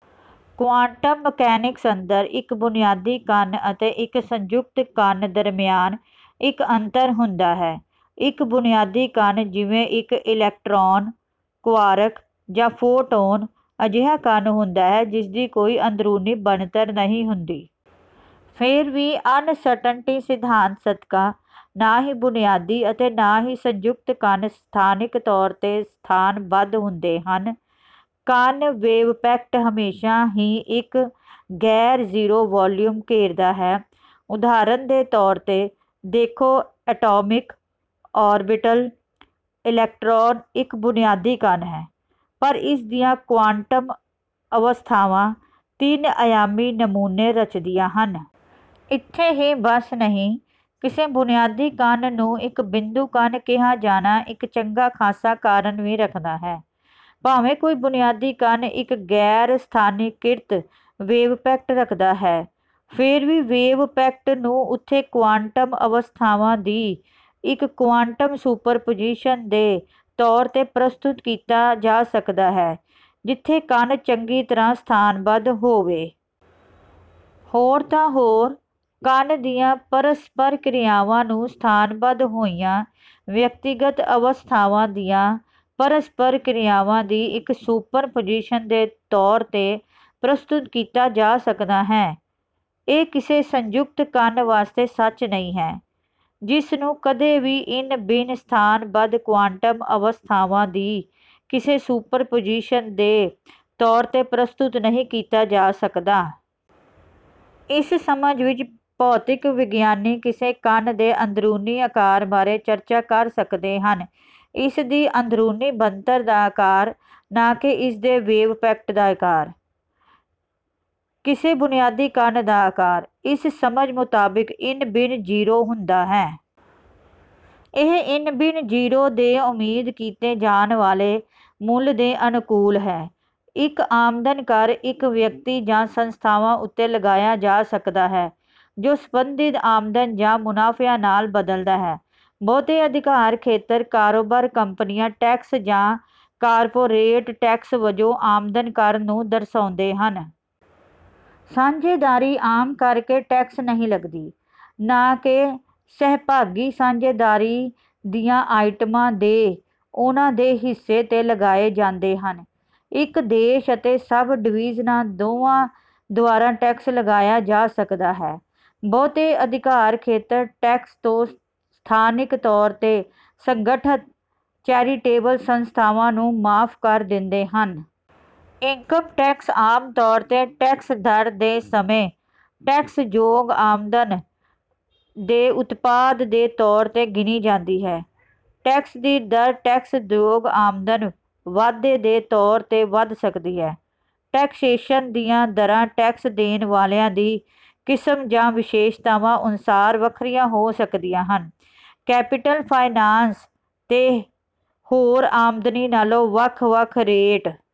Quantum mechanics ਅੰਦਰ, ਇੱਕ ਬੁਨਿਆਦੀ ਕਣ ਅਤੇ ਇੱਕ ਸੰਯੁਕਤ ਕਣ ਦਰਮਿਆਨ ਇੱਕ ਅੰਤਰ ਹੁੰਦਾ ਹੈ। ਇੱਕ ਬੁਨਿਆਦੀ ਕਣ, ਜਿਵੇਂ ਇੱਕ ਇਲੈਕਟ੍ਰੌਨ, ਕੁਆਰਕ, ਜਾਂ ਫੋਟੌਨ, ਅਜਿਹਾ ਕਣ ਹੁੰਦਾ ਹੈ ਜਿਸਦੀ ਕੋਈ ਅੰਦਰੂਨੀ ਬਣਤਰ ਨਹੀਂ ਹੁੰਦੀ। ਫੇਰ ਵੀ, ਅਨਸਰਟਨਟੀ ਸਿਧਾਂਤ ਸਦਕਾ, ਨਾ ਹੀ ਬੁਨਿਆਦੀ ਅਤੇ ਨਾ ਹੀ ਸੰਯੁਕਤ ਕਣ ਸਥਾਨਿਕ ਤੌਰ ਤੇ ਸਥਾਨਬੱਧ ਹੁੰਦੇ ਹਨ। ਕਣ ਵੇਵਪੈਕਟ ਹਮੇਸ਼ਾਂ ਹੀ ਇੱਕ ਗੈਰ-ਜ਼ੀਰੋ ਵੌਲੀਊਮ ਘੇਰਦਾ ਹੈ। ਉਦਾਹਰਨ ਦੇ ਤੌਰ ਤੇ, ਦੇਖੋ ਐਟੌਮਿਕ ਔਰਬਿਟਲ: ਇਲੈਕਟ੍ਰੌਨ ਇੱਕ ਬੁਨਿਆਦੀ ਕਣ ਹੈ, ਪਰ ਇਸਦੀਆਂ ਕੁਆਂਟਮ ਅਵਸਥਾਵਾਂ ਤਿੰਨ-ਅਯਾਮੀ ਨਮੂਨੇ ਰਚਦੀਆਂ ਹਨ। ਇੱਥੇ ਹੀ ਬੱਸ ਨਹੀਂ, ਕਿਸੇ ਬੁਨਿਆਦੀ ਕਣ ਨੂੰ ਇੱਕ ਬਿੰਦੂ ਕਣ ਕਿਹਾ ਜਾਣਾ ਇੱਕ ਚੰਗਾ ਖਾਸਾ ਕਾਰਨ ਵੀ ਰੱਖਦਾ ਹੈ। ਭਾਵੇਂ ਕੋਈ ਬੁਨਿਆਦੀ ਕਣ ਇੱਕ ਗੈਰ-ਸਥਾਨੀਕ੍ਰਿਤ ਵੇਵਪੈਕਟ ਰੱਖਦਾ ਹੈ, ਫੇਰ ਵੀ ਵੇਵਪੈਕਟ ਨੂੰ ਉੱਥੇ ਕੁਆਂਟਮ ਅਵਸਥਾਵਾਂ ਦੀ ਇੱਕ ਕੁਆਂਟਮ ਸੁਪਰਪੁਜੀਸ਼ਨ ਦੇ ਤੌਰ ਤੇ ਪ੍ਰਸਤੁਤ ਕੀਤਾ ਜਾ ਸਕਦਾ ਹੈ ਜਿੱਥੇ ਕਣ ਚੰਗੀ ਤਰ੍ਹਾਂ ਸਥਾਨਬੱਧ ਹੋਵੇ। ਹੋਰ ਤਾਂ ਹੋਰ, ਕਣ ਦੀਆਂ ਪਰਸਪਰ ਕ੍ਰਿਆਵਾਂ ਨੂੰ ਸਥਾਨਬੱਧ ਹੋਈਆਂ ਵਿਅਕਤੀਗਤ ਅਵਸਥਾਵਾਂ ਦੀਆਂ ਪਰਸਪਰ ਕ੍ਰਿਆਵਾਂ ਦੀ ਇੱਕ ਸੁਪਰਪੁਜੀਸ਼ਨ ਦੇ ਤੌਰ ਤੇ ਪ੍ਰਸਤੁਤ ਕੀਤਾ ਜਾ ਸਕਦਾ ਹੈ। ਇਹ ਕਿਸੇ ਸੰਯੁਕਤ ਕਣ ਵਾਸਤੇ ਸੱਚ ਨਹੀਂ ਹੈ, ਜਿਸ ਨੂੰ ਕਦੇ ਵੀ ਇੰਨਬਿੰਨ-ਸਥਾਨਬੱਧ ਕੁਆਂਟਮ ਅਵਸਥਾਵਾਂ ਦੀ ਕਿਸੇ ਸੁਪਰਪੁਜੀਸ਼ਨ ਦੇ ਤੌਰ ਤੇ ਪ੍ਰਸਤੁਤ ਨਹੀਂ ਕੀਤਾ ਜਾ ਸਕਦਾ। ਇਸ ਸਮਝ ਵਿੱਚ, ਭੌਤਿਕ ਵਿਗਿਆਨੀ ਕਿਸੇ ਕਣ ਦੇ ਅੰਦਰੂਨੀ ਅਕਾਰ ਬਾਰੇ ਚਰਚਾ ਕਰ ਸਕਦੇ ਹਨ: ਇਸਦੀ ਅੰਦਰੂਨੀ ਬਣਤਰ ਦਾ ਅਕਾਰ, ਨਾ ਕਿ ਇਸਦੇ ਵੇਵਪੈਕਟ ਦਾ ਅਕਾਰ। ਕਿਸੇ ਬੁਨਿਆਦੀ ਕਣ ਦਾ ਅਕਾਰ, ਇਸ ਸਮਝ ਮੁਤਾਬਿਕ, ਇੰਨਬਿੰਨ ਜ਼ੀਰੋ ਹੁੰਦਾ ਹੈ। ਇਹ ਇੰਨਬਿੰਨ ਜ਼ੀਰੋ ਦੇ ਉਮੀਦ ਕੀਤੇ ਜਾਣ ਵਾਲੇ ਮੁੱਲ ਦੇ ਅਨੁਕੂਲ ਹੈ। ਇੱਕ ਆਮਦਨ ਕਰ ਇੱਕ ਵਿਅਕਤੀ ਜਾਂ ਸੰਸਥਾਵਾਂ ਉੱਤੇ ਲਗਾਇਆ ਜਾਂਦਾ ਟੈਕਸ ਹੈ ਜੋ ਸੰਬੰਧਤ ਆਮਦਨ ਜਾਂ ਮੁਨਾਫਿਆਂ ਨਾਲ ਬਦਲਦਾ ਹੈ। ਬਹੁਤੇ ਅਧਿਕਾਰ ਖੇਤਰ ਕਾਰੋਬਾਰ ਕੰਪਨੀਆਂ ਟੈਕਸ ਜਾਂ ਕਾਰਪੋਰੇਟ ਟੈਕਸ ਵਜੋਂ ਆਮਦਨ ਕਰ ਨੂੰ ਦਰਸਾਉਂਦੇ ਹਨ। ਸਾਂਝੇਦਾਰੀ ਆਮ ਕਰਕੇ ਟੈਕਸ ਨਹੀਂ ਲਗਦੀ; ਨਾ ਕਿ, ਸਹਿਭਾਗੀ ਸਾਂਝੇਦਾਰੀ ਦੀਆਂ ਆਈਟਮਾਂ ਦੇ ਉਨ੍ਹਾਂ ਦੇ ਹਿੱਸੇ ਤੇ ਲਗਾਏ ਜਾਂਦੇ ਹਨ। ਇੱਕ ਦੇਸ਼ ਅਤੇ ਸਬ-ਡਿਵੀਜ਼ਨਾਂ ਦੋਵਾਂ ਦੁਆਰਾ ਟੈਕਸ ਲਗਾਇਆ ਜਾ ਸਕਦਾ ਹੈ। ਬਹੁਤੇ ਅਧਿਕਾਰ ਖੇਤਰ ਟੈਕਸ ਤੋਂ ਸਥਾਨਿਕ ਤੌਰ ਤੇ ਸੰਗਠਤ ਚੈਰੀਟੇਬਲ ਸੰਸਥਾਵਾਂ ਨੂੰ ਮੁਆਫ ਕਰ ਦਿੰਦੇ ਹਨ। ਇਨਕਮ ਟੈਕਸ ਆਮ ਤੌਰ ਤੇ ਟੈਕਸ ਦਰ ਦੇ ਸਮੇਂ ਟੈਕਸਯੋਗ ਆਮਦਨ ਦੇ ਉਤਪਾਦ ਦੇ ਤੌਰ ਤੇ ਗਿਣੀ ਜਾਂਦੀ ਹੈ। ਟੈਕਸ ਦੀ ਦਰ ਟੈਕਸਯੋਗ ਆਮਦਨ ਵਾਧੇ ਦੇ ਤੌਰ ਤੇ ਵਧ ਸਕਦੀ ਹੈ। ਟੈਕਸੇਸ਼ਨ ਦੀਆਂ ਦਰਾਂ ਟੈਕਸ ਦੇਣ ਵਾਲਿਆਂ ਦੀ ਕਿਸਮ ਜਾਂ ਵਿਸ਼ੇਸ਼ਤਾਵਾਂ ਅਨੁਸਾਰ ਵੱਖਰੀਆਂ ਹੋ ਸਕਦੀਆਂ ਹਨ। ਕੈਪੀਟਲ ਫਾਇਨਾਂਸ ਤੇ ਹੋਰ ਆਮਦਨੀ ਨਾਲੋਂ ਵੱਖ ਵੱਖ ਰੇਟ...